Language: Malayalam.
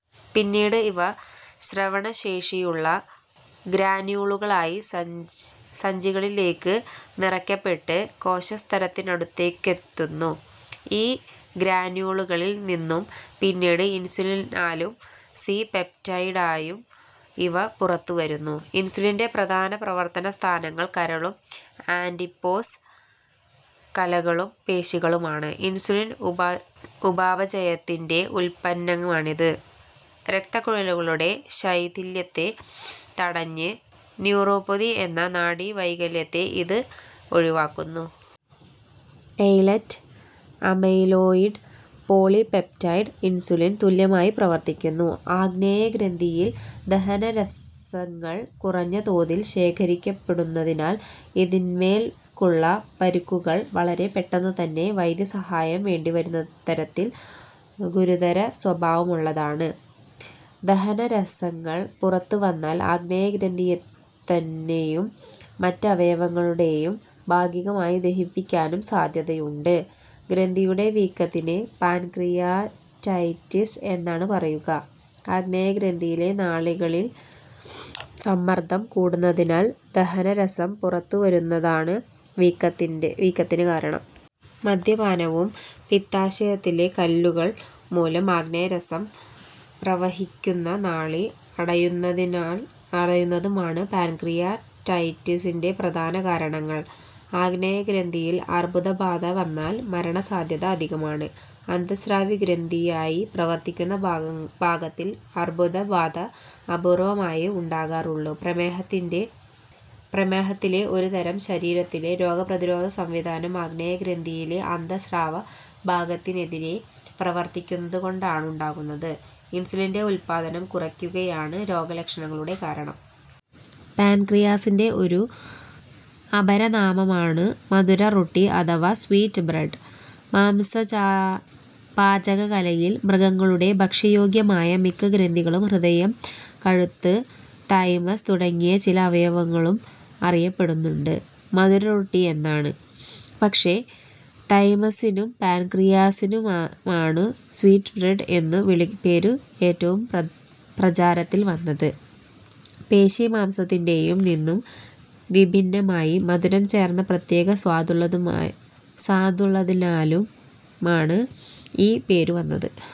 പിന്നീട് ഇവ സ്രവണശേഷിയുള്ള ഗ്രാന്യൂളുകളായ സഞ്ചികളിലേയ്ക്ക് നിറയ്ക്കപ്പെട്ട് കോശസ്തരത്തിനടുത്തേയ്ക്കെത്തുന്നു. ഈ ഗ്രാന്യൂളുകളിൽ നിന്നും പിന്നീട് ഇൻസുലിനായും സി-പെപ്റ്റൈഡായും ഇവ പുറത്തുവരുന്നു. ഇൻസുലിന്റെ പ്രധാന പ്രവർത്തന സ്ഥാനങ്ങൾ കരളും ആഡിപ്പോസ് കലകളും പേശികളുമാണ്. ഇൻസുലിൻ ഉപാപചയത്തിന്റെ ഉപോൽപ്പന്നമാണിത്. രക്തക്കുഴലുകളുടെ ശൈഥില്യത്തെ തടഞ്ഞ് ന്യൂറോപ്പതി എന്ന നാഡീവൈകല്യത്തെ ഇത് ഒഴിവാക്കുന്നു. ഐലറ്റ് അമൈലോയിഡ് പോളിപെപ്റ്റൈഡ് ഇൻസുലിന് തുല്യമായി പ്രവർത്തിക്കുന്നു. ആഗ്നേയഗ്രന്ഥിയിൽ ദഹനരസങ്ങൾ കുറഞ്ഞ തോതിൽ ശേഘരിക്കപ്പെടുന്നതിനാൽ ഇതിനേൽക്കുന്ന പരിക്കുകൾ വളരെ പെട്ടെന്നുതന്നെ വൈദ്യസഹായം വേണ്ടിവരുന്നതരത്തിൽ ഗുരുതരസ്വഭാവമുള്ളതാണ്. ദഹനരസങ്ങൾ പുറത്തുവന്നാൽ ആഗ്നേയഗ്രന്ഥിയെത്തെന്നെയും മറ്റവയവങ്ങളെയും ഭാഗികമായി ദഹിപ്പിക്കാനും സാദ്ധ്യതയുണ്ട്. ഗ്രന്ഥിയുടെ വീക്കത്തിനെ പാൻക്രിയാറ്റൈറ്റിസ് എന്നാണ് പറയുക. ആഗ്നേയഗ്രന്ഥിയിലെ നാളികളിൽ സമ്മർദ്ദം കൂടുന്നതിനാൽ ദഹനരസം പുറത്തു വരുന്നതാണ് വീക്കത്തിന് കാരണം. മദ്യപാനവും പിത്താശയത്തിലെ കല്ലുകൾ മൂലം ആഗ്നേയരസം പ്രവഹിക്കുന്ന നാളി അടയുന്നതുമാണ് പാൻക്രിയാറ്റൈറ്റിസിന്റെ പ്രധാന കാരണങ്ങൾ. ആഗ്നേയഗ്രന്ഥിയിൽ അർബുദബാധ വന്നാൽ മരണസാദ്ധ്യത അധികമാണ്. അന്തഃസ്രാവഗ്രന്ഥിയായി പ്രവർത്തിക്കുന്ന ഭാഗത്തിൽ അർബുദബാധ അപൂർവമായേ ഉണ്ടാകാറുള്ളൂ. പ്രമേഹത്തിലെ ഒരുതരം ശരീരത്തിലെ രോഗപ്രതിരോധസംവിധാനം ആഗ്നേയഗ്രന്ഥിയിലെ അന്തഃസ്രാവഭാഗത്തിനെതിരേ പ്രവർത്തിക്കുന്നതുകൊണ്ടാണുണ്ടാകുന്നത്. ഇൻസുലിന്റെ ഉത്പാദനം കുറയുകയാണ് രോഗലക്ഷണങ്ങളുടെ കാരണം. പാൻക്രിയാസിന്റെ ഒരു അപരനാമമാണു് മധുര റൊട്ടി അഥവാ സ്വീറ്റ് ബ്രെഡ്. മാംസപാചകകലയിൽ മൃഗങ്ങളുടെ ഭക്ഷ്യയോഗ്യമായ മിക്ക ഗ്രന്ഥികളും ഹൃദയം, കഴുത്ത്, തൈമസ് തുടങ്ങിയ ചില അവയവങ്ങളും അറിയപ്പെടുന്നതു് മധുരറൊട്ടി എന്നാണു്. പക്ഷേ, തൈമസ്സിനും പാൻക്രിയാസിനുമാണു് സ്വീറ്റ് ബ്രെഡ് എന്ന വിളിപ്പേരു് ഏറ്റവും പ്രചാരത്തിൽ വന്നതു്. പേശീമാംസത്തിന്റേതിൽ നിന്നും വിഭിന്നമായി, മധുരം ചേർന്ന പ്രത്യേക സ്വാദുള്ളതിനാലാണു് ഈ പേരു വന്നതു്.